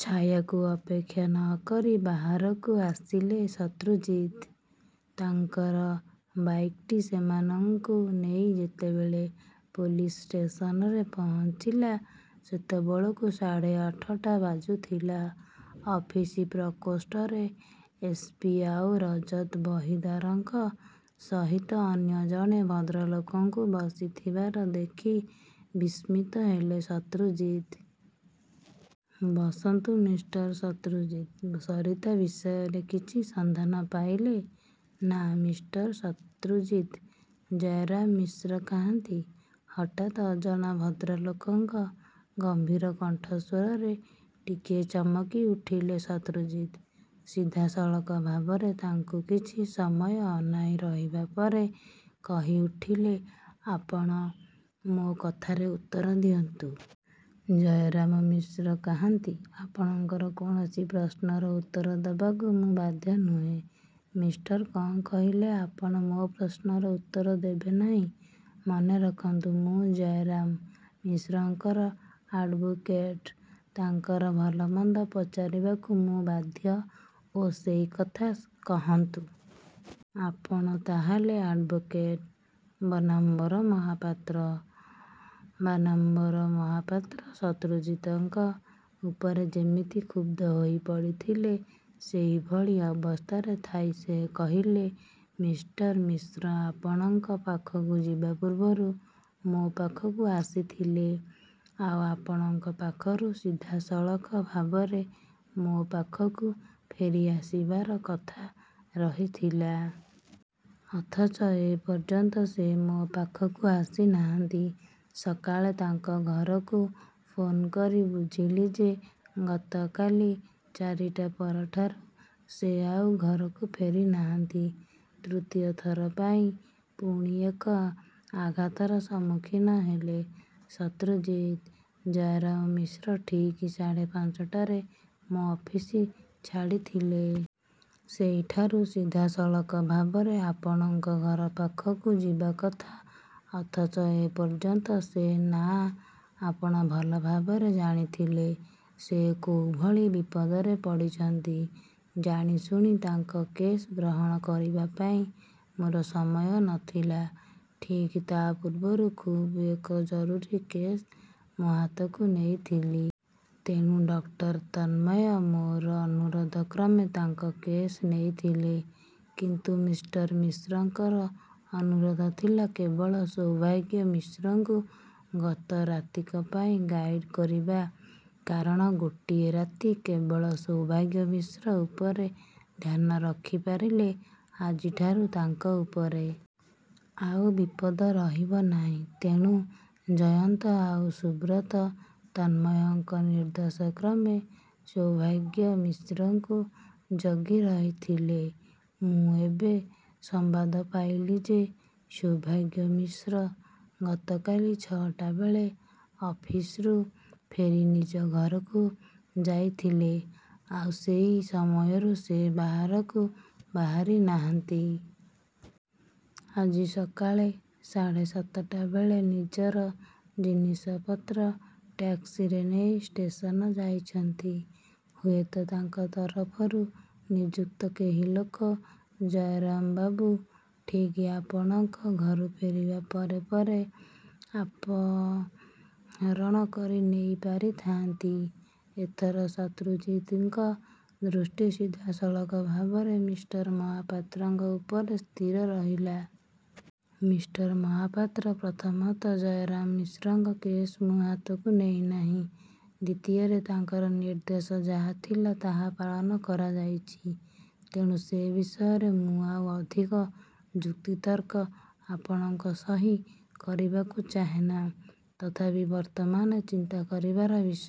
ଛାୟାକୁ ଅପେକ୍ଷା ନ କରି ବାହାରକୁ ଆସିଲେ ଶତ୍ରୁଜିତ୍। ତାଙ୍କର ବାଇକ୍ଟି ସେମାନଙ୍କୁ ନେଇ ଯେତେବେଳେ ପୋଲିସ୍ ଷ୍ଟେସନରେ ପହଞ୍ଚିଲା, ସେତେବେଳକୁ ସାଢ଼େ ଆଠଟା ବାଜୁଥିଲା। ଅଫିସ ପ୍ରକୋଷ୍ଠରେ ଏସ. ପି. ଆଉ ରଜତ ବହିଦାରଙ୍କ ସହିତ ଅନ୍ୟ ଜଣେ ଭଦ୍ରଲୋକଙ୍କୁ ବସିଥିବାର ଦେଖି ବିସ୍ମିତ ହେଲେ ଶତ୍ରୁଜିତ୍। ବସନ୍ତୁ ମିଷ୍ଟର ଶତ୍ରୁଜିତ୍! ସରିତା ବିଷୟରେ କିଛି ସନ୍ଧାନ ପାଇଲେ? ନା। ମିଷ୍ଟର ଶତ୍ରୁଜିତ୍! ଜୟରାମ ମିଶ୍ର କାହାନ୍ତି? ହଠାତ୍ ଅଜଣା ଭଦ୍ରଲୋକଙ୍କ ଗମ୍ଭୀର କଣ୍ଠସ୍ୱରରେ ଟିକିଏ ଚମକିଉଠିଲେ ଶତ୍ରୁଜିତ୍। ସିଧାସଳଖ ଭାବରେ ତାଙ୍କୁ କିଛି ସମୟ ଅନାଇ ରହିବା ପରେ କହିଉଠିଲେଆପଣ? ମୋ କଥାରେ ଉତ୍ତର ଦିଅନ୍ତୁ! ଜୟରାମ ମିଶ୍ର କାହାନ୍ତି? ଆପଣଙ୍କର କୌଣସି ପ୍ରଶ୍ନର ଉତ୍ତର ଦେବାକୁ ମୁଁ ବାଧ୍ୟ ନୁହେଁ, ମିଷ୍ଟର କ'ଣ କହିଲେ, ଆପଣ ମୋ ପ୍ରଶ୍ନର ଉତ୍ତର ଦେବେ ନାହିଁ? ମନେରଖନ୍ତୁ ମୁଁ ଜୟରାମ ମିଶ୍ରଙ୍କର ଆଡ୍ଭୋକେଟ। ତାଙ୍କର ଭଲମନ୍ଦ ପଚାରିବାକୁ ମୁଁ ବାଧ୍ୟ ଓ! ସେଇକଥା କହନ୍ତୁ। ଆପଣ ତା'ହେଲେ ଆଡ୍ଭୋକେଟ ବାନାମ୍ବର ମହାପାତ୍ର? ବାନାମ୍ବର ମହାପାତ୍ର ଶତ୍ରୁଜିତଙ୍କ ଉପରେ ଯେମିତି କ୍ଷୁବ୍ଧ ହୋଇପଡ଼ିଥିଲେ। ସେହିଭଳି ଅବସ୍ଥାରେ ଥାଇ ସେ କହିଲେ-ମିଷ୍ଟର ମିଶ୍ର ଆପଣଙ୍କ ପାଖକୁ ଯିବା ପୂର୍ବରୁ ମୋ ପାଖକୁ ଆସିଥିଲେ, ଆଉ ଆପଣଙ୍କ ପାଖରୁ ସିଧାସଳଖ ଭାବରେ ମୋ ପାଖକୁ ଫେରିଆସିବାର କଥା ରହିଥିଲା। ଅଥଚ ଏପର୍ଯ୍ୟନ୍ତ ସେ ମୋ ପାଖକୁ ଆସିନାହାନ୍ତି। ସକାଳେ ତାଙ୍କ ଘରକୁ ଫୋନ୍କରି ବୁଝିଲି ଯେ ଗତକାଲି ଚାରିଟା ପରଠାରୁ ସେ ଆଉ ଘରକୁ ଫେରିନାହାନ୍ତି। ତୃତୀୟ ଥର ପାଇଁ ପୁଣି ଏକ ଆଘାତର ସମ୍ମୁଖୀନ ହେଲେ ଶତ୍ରୁଜିତ୍। ଜୟରାମ ମିଶ୍ର ଠିକ୍ ସାଢ଼େ ପାଞ୍ଚଟାରେ ମୋ ଅଫିସ ଛାଡ଼ିଥିଲେ। ସେଇଠାରୁ ସିଧାସଳଖ ଭାବରେ ଆପଣଙ୍କ ଘର ପାଖକୁ ଯିବା କଥା ଅଥଚ ଏପର୍ଯ୍ୟନ୍ତ ସେ ନା। ଆପଣ ଭଲ ଭାବରେ ଜାଣିଥିଲେ ସେ କୋଉଭଳି ବିପଦରେ ପଡ଼ିଛନ୍ତି। ଜାଣିଶୁଣି ତାଙ୍କ କେସ୍ ଗ୍ରହଣ କରିବାପାଇଁ ମୋର ସମୟ ନ ଥିଲା। ଠିକ୍ ତା ପୂର୍ବରୁ ଖୁବ୍ ଏକ ଜରୁରୀ କେସ୍ ମୋ ହାତକୁ ନେଇଥିଲି। ତେଣୁ ଡକ୍ଟର ତନ୍ମୟ ମୋର ଅନୁରୋଧକ୍ରମେ ତାଙ୍କ କେସ୍ ନେଇଥିଲେ। କିନ୍ତୁ ମିଷ୍ଟର ମିଶ୍ରଙ୍କର ଅନୁରୋଧ ଥିଲା କେବଳ ସୌଭାଗ୍ୟ ମିଶ୍ରଙ୍କୁ ଗତ ରାତିକ ପାଇଁ ଗାଇଡ୍ କରିବା। କାରଣ ଗୋଟିଏ ରାତି କେବଳ ସୌଭାଗ୍ୟ ମିଶ୍ର ଉପରେ ଧ୍ୟାନ ରଖିପାରିଲେ ଆଜିଠାରୁ ତାଙ୍କ ଉପରେ। ଆଉ ବିପଦ ରହିବ ନାହିଁ। ତେଣୁ ଜୟନ୍ତ ଆଉ ସୁବ୍ରତ ତନ୍ମୟଙ୍କ ନିର୍ଦ୍ଦେଶକ୍ରମେ ସୌଭାଗ୍ୟ ମିଶ୍ରଙ୍କୁ ଜଗିରହିଥିଲେ। ମୁଁ ଏବେ ସମ୍ବାଦ ପାଇଲି ଯେ ସୌଭାଗ୍ୟ ମିଶ୍ର ଗତକାଲି ଛଅଟାବେଳେ ଅଫିସରୁ ଫେରି ନିଜ ଘରକୁ ଯାଇଥିଲେ, ଆଉ ସେଇ ସମୟରୁ ସେ ବାହାରକୁ ବାହାରିନାହାନ୍ତି। ଆଜି ସକାଳେ ସାଢ଼େ ସାତଟା ବେଳେ ନିଜର ଜିନିଷପତ୍ର ଟ୍ୟାକ୍ସିରେ ନେଇ ଷ୍ଟେସନ ଯାଇଛନ୍ତି। ହୁଏତ ତାଙ୍କ ତରଫରୁ ନିଯୁକ୍ତ କେହି ଲୋକ ଜୟରାମବାବୁ ଠିକ୍ ଆପଣଙ୍କ ଘରୁ ଫେରିବା ପରେ ପରେ ଆପହରଣ କରି ନେଇ ପାରିଥାଆନ୍ତି? ଏଥର ଶତ୍ରୁଜିତଙ୍କ ଦୃଷ୍ଟି ସିଧାସଳଖ ଭାବରେ ମିଷ୍ଟର ମହାପାତ୍ରଙ୍କ ଉପରେ ସ୍ଥିର ରହିଲା। ମିଷ୍ଟର ମହାପାତ୍ର! ପ୍ରଥମତଃ ଜୟରାମ ମିଶ୍ରଙ୍କ କେସ୍ ମୁଁ ହାତକୁ ନେଇନାହିଁ। ଦ୍ୱିତୀୟରେ, ତାଙ୍କର ନିର୍ଦ୍ଦେଶ ଯାହା ଥିଲା ତାହା ପାଳନ କରାଯାଇଛି। ତେଣୁ ସେ ବିଷୟରେ ମୁଁ ଆଉ ଅଧିକ ଯୁକ୍ତିତର୍କ ଆପଣଙ୍କ ସହି କରିବାକୁ ଚାହେନା। ତଥାପି ବର୍ତ୍ତମାନ ଚିନ୍ତା କରିବାର ବିଷୟ